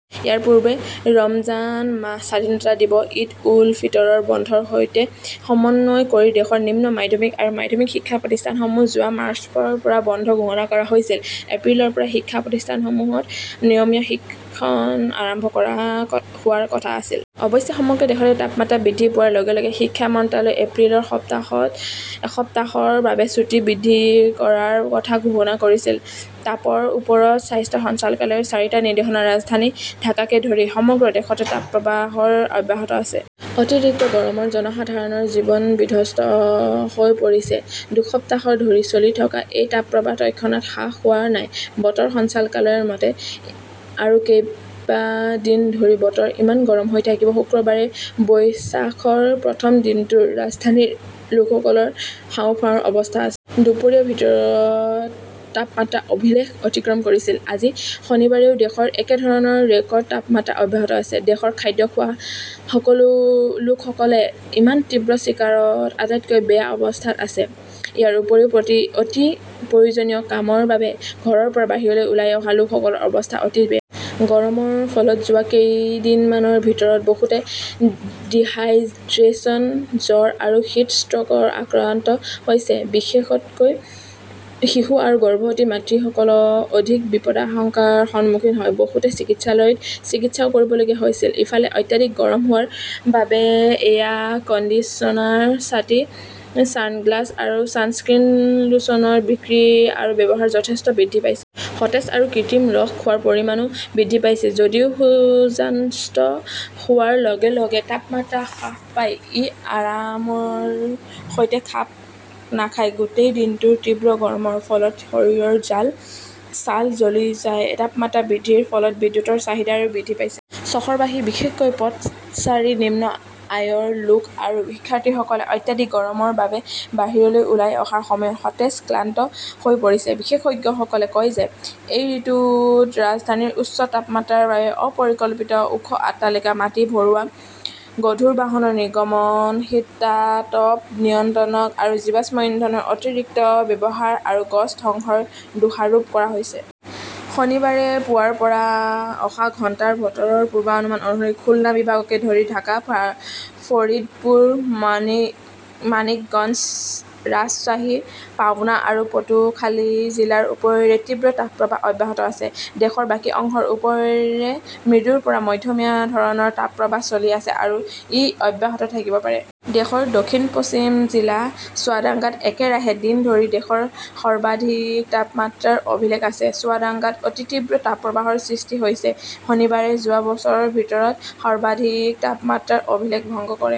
ইয়াৰ পূৰ্বে ৰমজান মাহ, স্বাধীনতা দিৱস, ঈদ-উল-ফিতৰৰ বন্ধৰ সৈতে সমন্বয় কৰি দেশৰ নিম্ন মাধ্যমিক আৰু মাধ্যমিক শিক্ষা প্ৰতিষ্ঠানসমূহ যোৱা মাৰ্চৰ পৰা বন্ধ ঘোষণা কৰা হৈছিল। এপ্ৰিলৰ পৰা শিক্ষা প্ৰতিষ্ঠানসমূহত নিয়মীয়া শিক্ষণ আৰম্ভ হোৱাৰ কথা আছিল। অৱশ্যে, সমগ্ৰ দেশতে তাপমাত্ৰা বৃদ্ধি পোৱাৰ লগে লগে শিক্ষা মন্ত্ৰালয়ে এপ্ৰিলত এসপ্তাহৰ বাবে ছুটী বৃদ্ধি কৰাৰ কথা ঘোষণা কৰিছিল। তাপৰ ওপৰত স্বাস্থ্য সঞ্চালকালয়ৰ চাৰিটা নিৰ্দেশনা ৰাজধানী ঢাকাকে ধৰি সমগ্ৰ দেশতে তাপপ্ৰৱাহৰ অব্যাহত আছে। অতিৰিক্ত গৰমত জনসাধাৰণৰ জীৱন বিধ্বস্ত হৈ পৰিছে। দুসপ্তাহ ধৰি চলি থকা এই তাপপ্ৰৱাহ তৎক্ষণাত হ্ৰাস হোৱা নাই। বতৰ সঞ্চালকালয়ৰ মতে আৰু কেইবা দিন ধৰি বতৰ ইমান গৰম হৈ থাকিব। শুক্ৰবাৰে বৈচাখৰ প্ৰথম দিনটোত ৰাজধানীৰ লোকসকলৰ হাঁওফাঁওৰ অৱস্থা আছিল। দুপৰীয়াৰ ভিতৰত তাপমাত্ৰা অভিলেখ অতিক্ৰম কৰিছিল। আজি শনিবাৰেও দেশত একেধৰণৰ ৰেকৰ্ড তাপমাত্ৰা অব্যাহত আছে। দেশৰ খাদ্য খোৱা লোকসকলে ইমান তীব্ৰ চিকাৰত আটাইতকৈ বেয়া অৱস্থাত আছে। ইয়াৰ উপৰিও অতি প্ৰয়োজনীয় কামৰ বাবে ঘৰৰ পৰা বাহিৰলৈ ওলাই অহা লোকসকলৰ অৱস্থাও অতি বেয়া। গৰমৰ ফলত যোৱা কেইদিনমানৰ ভিতৰত বহুতে ডিহাইড্ৰেচন, জ্বৰ আৰু হিট ষ্ট্ৰ'কত আক্ৰান্ত হৈছে। বিশেষত কৈ শিশু আৰু গৰ্ভৱতী মাতৃসকল অধিক বিপদাশঙ্গাৰ সন্মুখীন হয়। বহুতে চিকিৎসালয়ত চিকিৎসাও কৰিবলগীয়া হৈছিল। ইফালে, অত্যাধিক গৰম হোৱাৰ বাবে এয়াৰ কণ্ডিছনাৰ, ছাতি, ছানগ্লাস আৰু ছানস্ক্ৰীন লোশনৰ বিক্ৰী আৰু ব্যৱহাৰ যথেষ্ট বৃদ্ধি পাইছে। সতেজ আৰু কৃত্ৰিম ৰস খোৱাৰ পৰিমাণো বৃদ্ধি পাইছে। যদিও সূৰ্যাস্ত হোৱাৰ লগে লগে তাপমাত্ৰা হ্ৰাস পায়, ই আৰামৰ সৈতে খাপ নাখায়। গোটেই দিনটোৰ তীব্ৰ গৰমৰ ফলত শৰীৰৰ ছাল জ্বলি যায়। তাপমাত্ৰা বৃদ্ধিৰ ফলত বিদ্যুৎৰ চাহিদাও বৃদ্ধি পাইছে। চহৰবাসী, বিশেষকৈ পথচাৰী, নিম্ন আয়ৰ লোক আৰু শিক্ষাৰ্থীসকলে অত্যাধিক গৰমৰ বাবে বাহিৰলৈ ওলাই অহাৰ সময়ত সহজে ক্লান্ত হৈ পৰিছে। বিশেষজ্ঞসকলে কয় যে, এই ঋতুত ৰাজধানীৰ উচ্চ তাপমাত্ৰাৰ বাবে অপৰিকল্পিত ওখ অট্টালিকা, মাটি ভৰোৱা, গধুৰ বাহনৰ নিৰ্গমন, শীতাতপ নিয়ন্ত্ৰক আৰু জীৱাশ্ম ইন্ধনৰ অতিৰিক্ত ব্যৱহাৰ আৰু গছ ধ্বংসক দোষাৰোপ কৰা হৈছে। শনিবাৰে পুৱাৰ পৰা অহা ঘণ্টাৰ বতৰৰ পূৰ্বানুমান অনুসৰি, খুলনা বিভাগকে ধৰি ঢাকা, ফৰিদপুৰ, মানিকগঞ্জ, ৰাজশ্বাহী, পাবনা আৰু পটুখালি জিলাৰ ওপৰেৰে তীব্ৰ তাপপ্ৰৱাহ অব্যাহত আছে। দেশৰ বাকী অংশৰ ওপৰেৰে মৃদুৰ পৰা মধ্যমীয়া ধৰণৰ তাপপ্ৰৱাহ চলি আছে আৰু ই অব্যাহত থাকিব পাৰে। দেশৰ দক্ষিণ-পশ্চিম জিলা চুৱাডাঙ্গাত একেৰাহে দিন ধৰি দেশৰ সৰ্বাধিক তাপমাত্ৰাৰ অভিলেখ আছে। চুৱাডাঙ্গাত অতি তীব্ৰ তাপপ্ৰৱাহৰ সৃষ্টি হৈছে। শনিবাৰে যোৱা বছৰৰ ভিতৰত সৰ্বাধিক তাপমাত্ৰাৰ অভিলেখ ভংগ কৰে।